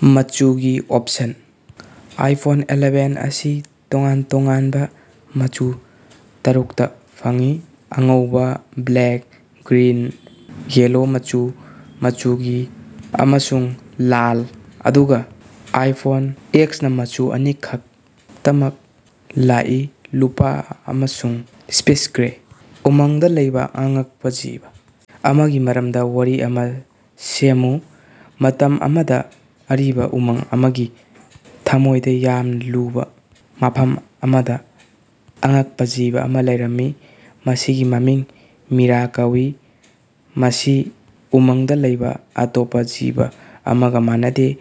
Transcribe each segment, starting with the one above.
ꯃꯆꯨꯒꯤ option: iPhone eleven ꯑꯁꯤ ꯇꯣꯉꯥꯟ ꯇꯣꯉꯥꯟꯕ ꯃꯆꯨ ꯇꯔꯨꯛꯇ ꯐꯪꯏ: ꯑꯉꯧꯕ, ꯕ꯭ꯂꯦꯛ, ꯒ꯭ꯔꯤꯟ, ꯌꯦꯜꯂꯣ, ꯃꯆꯨ ꯃꯆꯨꯒꯤ, ꯑꯃꯁꯨꯡ ꯂꯥꯜ, ꯑꯗꯨꯒ ꯑꯥꯏꯐꯣꯟ ꯑꯦꯛꯁꯅ ꯃꯆꯨ ꯑꯅꯤ ꯈꯛꯇꯃꯛ ꯂꯥꯛꯏ: ꯂꯨꯄꯥ ꯑꯃꯁꯨꯡ ꯁ꯭ꯄꯦꯁ ꯒ꯭ꯔꯦ꯫ ꯎꯃꯪꯗ ꯂꯩꯕ ꯑꯉꯛꯄ ꯖꯤꯕ ꯑꯃꯒꯤ ꯃꯔꯝꯗ ꯋꯥꯔꯤ ꯑꯃ ꯁꯦꯝꯃꯨ꯫ ꯃꯇꯝ ꯑꯃꯗ ꯑꯔꯤꯕ ꯎꯃꯪ ꯑꯃꯒꯤ ꯊꯃꯣꯏꯗ ꯌꯥꯝꯅ ꯂꯨꯕ ꯃꯐꯝ ꯑꯃꯗ ꯑꯉꯛꯄ ꯖꯤꯕ ꯑꯃ ꯂꯩꯔꯝꯃꯤ꯫ ꯃꯁꯤꯒꯤ ꯃꯃꯤꯡ ꯃꯤꯔꯥ ꯀꯧꯏ, ꯃꯁꯤ ꯎꯃꯪꯗ ꯂꯩꯕ ꯑꯇꯣꯞꯄ ꯖꯤꯕ ꯑꯃꯒ ꯃꯥꯟꯅꯗꯦ꯫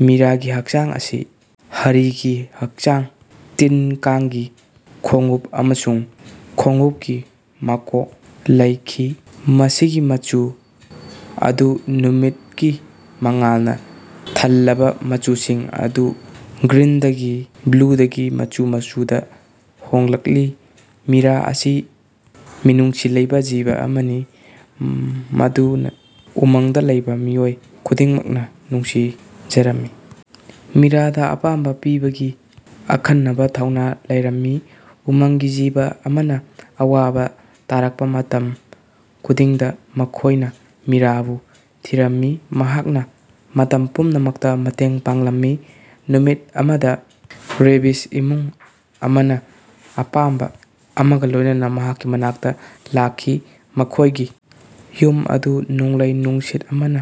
ꯃꯤꯔꯥꯒꯤ ꯍꯛꯆꯥꯡ ꯑꯁꯤ ꯍꯔꯤꯒꯤ ꯍꯛꯆꯥꯡ, ꯇꯤꯟ-ꯀꯥꯡꯒꯤ ꯈꯣꯡꯎꯞ ꯑꯃꯁꯨꯡ ꯈꯣꯡꯎꯞꯀꯤ ꯃꯀꯣꯛ ꯂꯩꯈꯤ꯫ ꯃꯁꯤꯒꯤ ꯃꯆꯨ ꯑꯗꯨ ꯅꯨꯃꯤꯠꯀꯤ ꯃꯉꯥꯜꯅ ꯊꯜꯂꯕ ꯃꯆꯨꯁꯤꯡ ꯑꯗꯨ ꯒ꯭ꯔꯤꯟꯗꯒꯤ ꯕ꯭ꯂꯨꯗꯒꯤ ꯃꯆꯨ ꯃꯆꯨꯗ ꯍꯣꯡꯂꯛꯂꯤ꯫ ꯃꯤꯔꯥ ꯑꯁꯤ ꯃꯤꯅꯨꯡꯁꯤ ꯂꯩꯕ ꯖꯤꯕ ꯑꯃꯅꯤ, ꯃꯗꯨ ꯎꯃꯪꯗ ꯂꯩꯕ ꯃꯤꯑꯣꯏ ꯈꯨꯗꯤꯡꯃꯛꯅ ꯅꯨꯡꯁꯤꯖꯔꯝꯃꯤ꯫ ꯃꯤꯔꯥꯗ ꯑꯄꯥꯝꯕ ꯄꯤꯕꯒꯤ ꯑꯈꯟꯅꯕ ꯊꯧꯅꯥ ꯂꯩꯔꯝꯃꯤ꯫ ꯎꯃꯪꯒꯤ ꯖꯤꯕ ꯑꯃꯅ ꯑꯋꯥꯕ ꯇꯥꯔꯛꯄ ꯃꯇꯝ ꯈꯨꯗꯤꯡꯗ ꯃꯈꯣꯏꯅ ꯃꯤꯔꯥꯕꯨ ꯊꯤꯔꯝꯃꯤ, ꯃꯍꯥꯛꯅ ꯃꯇꯝ ꯄꯨꯝꯅꯃꯛꯇ ꯃꯇꯦꯡ ꯄꯥꯡꯂꯝꯃꯤ꯫ ꯅꯨꯃꯤꯠ ꯑꯃꯗ ꯔꯦꯕꯤꯖ ꯏꯃꯨꯡ ꯑꯃꯅ ꯑꯄꯥꯝꯕ ꯑꯃꯒ ꯂꯣꯏꯅꯅ ꯃꯍꯥꯛꯀꯤ ꯃꯅꯥꯛꯇ ꯂꯥꯛꯈꯤ꯫ ꯃꯈꯣꯏꯒꯤ ꯌꯨꯝ ꯑꯗꯨ ꯅꯣꯡꯂꯩ ꯅꯨꯡꯁꯤꯠ ꯑꯃꯅ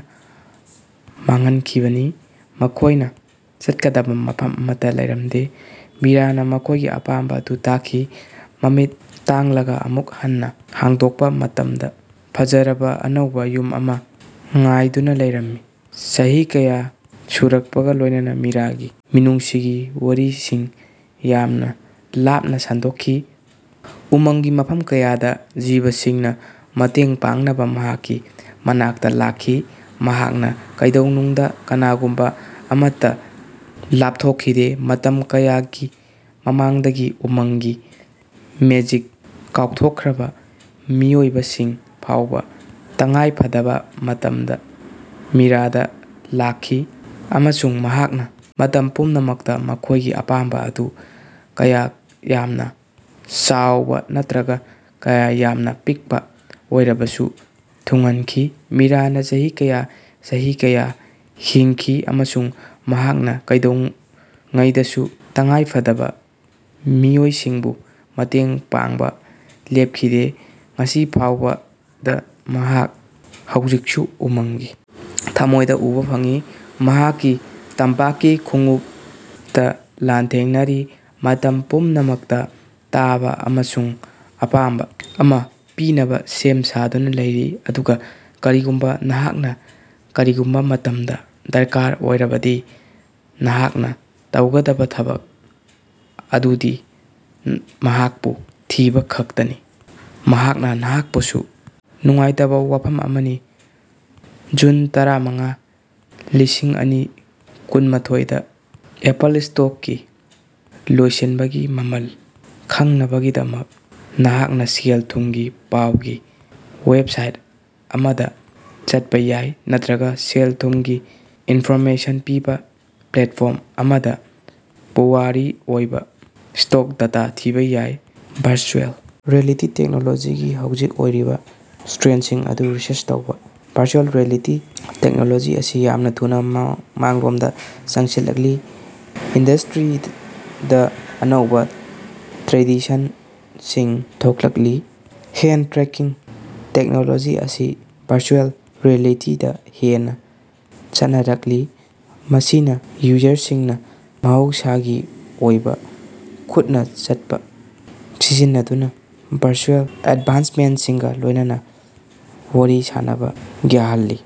ꯃꯥꯡꯍꯟꯈꯤꯕꯅꯤ, ꯃꯈꯣꯏꯅ ꯆꯠꯀꯗꯕ ꯃꯐꯝ ꯑꯃꯠꯇ ꯂꯩꯔꯝꯗꯦ꯫ ꯃꯤꯔꯥꯅ ꯃꯈꯣꯏꯒꯤ ꯑꯄꯥꯝꯕ ꯑꯗꯨ ꯇꯥꯈꯤ, ꯃꯃꯤꯠ ꯇꯥꯡꯂꯒ ꯑꯃꯨꯛ ꯍꯟꯅ ꯍꯥꯡꯗꯣꯛꯄ ꯃꯇꯝꯗ ꯐꯖꯔꯕ ꯑꯅꯧꯕ ꯌꯨꯝ ꯑꯃ ꯉꯥꯏꯗꯨꯅ ꯂꯩꯔꯝꯃꯤ꯫ ꯆꯍꯤ ꯀꯌꯥ ꯁꯨꯔꯛꯄꯒ ꯂꯣꯏꯅꯅ ꯃꯤꯔꯥꯒꯤ ꯃꯤꯅꯨꯡꯁꯤꯒꯤ ꯋꯥꯔꯤꯁꯤꯡ ꯌꯥꯝꯅ ꯂꯥꯞꯅ ꯁꯟꯗꯣꯛꯈꯤ꯫ ꯎꯃꯪꯒꯤ ꯃꯐꯝ ꯀꯌꯥꯗꯒꯤ ꯖꯤꯕꯁꯤꯡꯅ ꯃꯇꯦꯡ ꯄꯥꯡꯅꯕ ꯃꯍꯥꯛꯀꯤ ꯃꯅꯥꯛꯇ ꯂꯥꯛꯈꯤ, ꯃꯍꯥꯛꯅ ꯀꯩꯗꯧꯅꯨꯡꯗ ꯀꯅꯥꯒꯨꯝꯕ ꯑꯃꯠꯇ ꯂꯥꯄꯊꯣꯛꯈꯤꯗꯦ꯫ ꯃꯇꯝ ꯀꯌꯥꯒꯤ ꯃꯃꯥꯡꯗꯒꯤ ꯎꯃꯪꯒꯤ ꯃꯦꯖꯤꯛ ꯀꯥꯎꯊꯣꯛꯈ꯭ꯔꯕ ꯃꯤꯑꯣꯏꯕꯁꯤꯡ ꯐꯥꯎꯕ ꯇꯉꯥꯏꯐꯗꯕ ꯃꯇꯝꯗ ꯃꯤꯔꯥꯗ ꯂꯥꯛꯈꯤ꯫ ꯑꯃꯁꯨꯡ ꯃꯍꯥꯛꯅ ꯃꯇꯝ ꯄꯨꯝꯅꯃꯛꯇ ꯃꯈꯣꯏꯒꯤ ꯑꯄꯥꯝꯕ ꯑꯗꯨ ꯀꯌꯥ ꯌꯥꯝꯅ ꯆꯥꯎꯕ ꯅꯠꯇ꯭ꯔꯒ ꯀꯌꯥ ꯌꯥꯝꯅ ꯄꯤꯛꯄ ꯑꯣꯏꯔꯕꯁꯨ ꯊꯨꯡꯍꯟꯈꯤ꯫ ꯃꯤꯔꯥꯅ ꯆꯍꯤ ꯀꯌꯥ, ꯆꯍꯤ ꯀꯌꯥ ꯍꯤꯡꯈꯤ, ꯑꯃꯁꯨꯡ ꯃꯍꯥꯛꯅ ꯀꯩꯗꯧꯉꯩꯗꯁꯨ ꯇꯉꯥꯏꯐꯗꯕ ꯃꯤꯑꯣꯏꯁꯤꯡꯕꯨ ꯃꯇꯦꯡ ꯄꯥꯡꯕ ꯂꯦꯞꯈꯤꯗꯦ꯫ ꯉꯁꯤ ꯐꯥꯎꯕꯗ ꯃꯍꯥꯛ ꯍꯧꯖꯤꯛꯁꯨ ꯎꯃꯪꯒꯤ ꯊꯃꯣꯏꯗ ꯎꯕ ꯐꯪꯏ, ꯃꯍꯥꯛꯀꯤ ꯇꯝꯄꯥꯛꯀꯤ ꯈꯣꯡꯎꯞꯇ ꯂꯥꯟꯊꯦꯡꯅꯔꯤ, ꯃꯇꯝ ꯄꯨꯝꯅꯃꯛꯇ ꯇꯥꯕ ꯑꯃꯁꯨꯡ ꯑꯄꯥꯝꯕ ꯑꯃ ꯄꯤꯅꯕ ꯁꯦꯝ ꯁꯥꯗꯨꯅ ꯂꯩꯔꯤ꯫ ꯑꯗꯨꯒ ꯀꯔꯤꯒꯨꯝꯕ ꯅꯍꯥꯛꯅ ꯀꯔꯤꯒꯨꯝꯕ ꯃꯇꯝꯗ ꯗꯔꯀꯥꯔ ꯑꯣꯏꯔꯕꯗꯤ ꯅꯍꯥꯛꯅ ꯇꯧꯒꯗꯕ ꯊꯕꯛ ꯑꯗꯨꯗꯤ ꯃꯍꯥꯛꯄꯨ ꯊꯤꯕ ꯈꯛꯇꯅꯤ, ꯃꯍꯥꯛꯅ ꯅꯍꯥꯛꯄꯨꯁꯨ ꯅꯨꯡꯉꯥꯏꯇꯕ ꯋꯥꯐꯝ ꯑꯃꯅꯤ꯫ ꯖꯨꯟ ꯇꯔꯥꯃꯉꯥ, ꯂꯤꯁꯤꯡꯑꯅꯤ ꯀꯨꯟꯃꯥꯊꯣꯏ ꯗ ꯑꯦꯄꯜ ꯁ꯭ꯇꯣꯛꯀꯤ ꯂꯣꯏꯁꯤꯟꯕꯒꯤ ꯃꯃꯜ ꯈꯪꯅꯕꯒꯤꯗꯃꯛ, ꯅꯍꯥꯛꯅ ꯁꯦꯜ-ꯊꯨꯝꯒꯤ ꯄꯥꯎꯒꯤ ꯋꯦꯕꯁꯥꯏꯠ ꯑꯃꯗ ꯆꯠꯄ ꯌꯥꯏ ꯅꯠꯇ꯭ꯔꯒ ꯁꯦꯜ-ꯊꯨꯝꯒꯤ ꯏꯟꯐꯣꯔꯃꯦꯁꯟ ꯄꯤꯕ ꯄ꯭ꯂꯦꯠꯐꯣꯔꯝ ꯑꯃꯗ ꯄꯨꯋꯥꯔꯤ ꯑꯣꯏꯔꯕ ꯁ꯭ꯇꯣꯛ ꯗꯦꯇꯥ ꯊꯤꯕ ꯌꯥꯏ꯫ ꯚꯔꯆꯨꯑꯦꯜ ꯔꯤꯌꯦꯂꯤꯇꯤ ꯇꯦꯛꯅꯣꯂꯣꯖꯤꯒꯤ ꯍꯧꯖꯤꯛ ꯑꯣꯏꯔꯤꯕ ꯇ꯭ꯔꯦꯟꯁꯤꯡ ꯑꯗꯨ ꯔꯤꯁꯔꯆ ꯇꯧꯕ꯫ ꯚꯔꯆꯨꯑꯦꯜ ꯔꯤꯌꯦꯂꯤꯇꯤ ꯇꯦꯛꯅꯣꯂꯣꯖꯤ ꯑꯁꯤ ꯌꯥꯝꯅ ꯊꯨꯅ ꯃꯥꯡꯂꯣꯝꯗ ꯆꯪꯁꯤꯜꯂꯛꯂꯤ, ꯏꯟꯗꯁ꯭ꯠꯔꯤꯗ ꯑꯅꯧꯕ ꯇ꯭ꯔꯦꯟꯗꯁꯤꯡ ꯊꯣꯔꯛꯂꯤ꯫ ꯍꯦꯟ ꯇ꯭ꯔꯦꯀꯤꯡ ꯇꯦꯛꯅꯣꯂꯣꯖꯤ ꯑꯁꯤ ꯚꯔꯆꯨꯑꯦꯜ ꯔꯤꯌꯦꯂꯤꯇꯤ ꯗ ꯍꯦꯟꯅ ꯆꯠꯅꯔꯛꯂꯤ, ꯃꯁꯤꯅ ꯌꯨꯖꯔꯁꯤꯡꯅ ꯃꯍꯧꯁꯥꯒꯤ ꯑꯣꯏꯕ ꯈꯨꯠꯅ ꯆꯠꯄ ꯁꯤꯖꯤꯟꯅꯗꯨꯅ ꯚꯔꯆꯨꯑꯦꯜ ꯑꯦꯟꯚꯥꯏꯔꯟꯃꯦꯟꯠꯁꯤꯡꯒ ꯂꯣꯏꯅꯅ ꯋꯥꯔꯤ ꯁꯥꯅꯕ ꯌꯥꯍꯜꯂꯤ꯫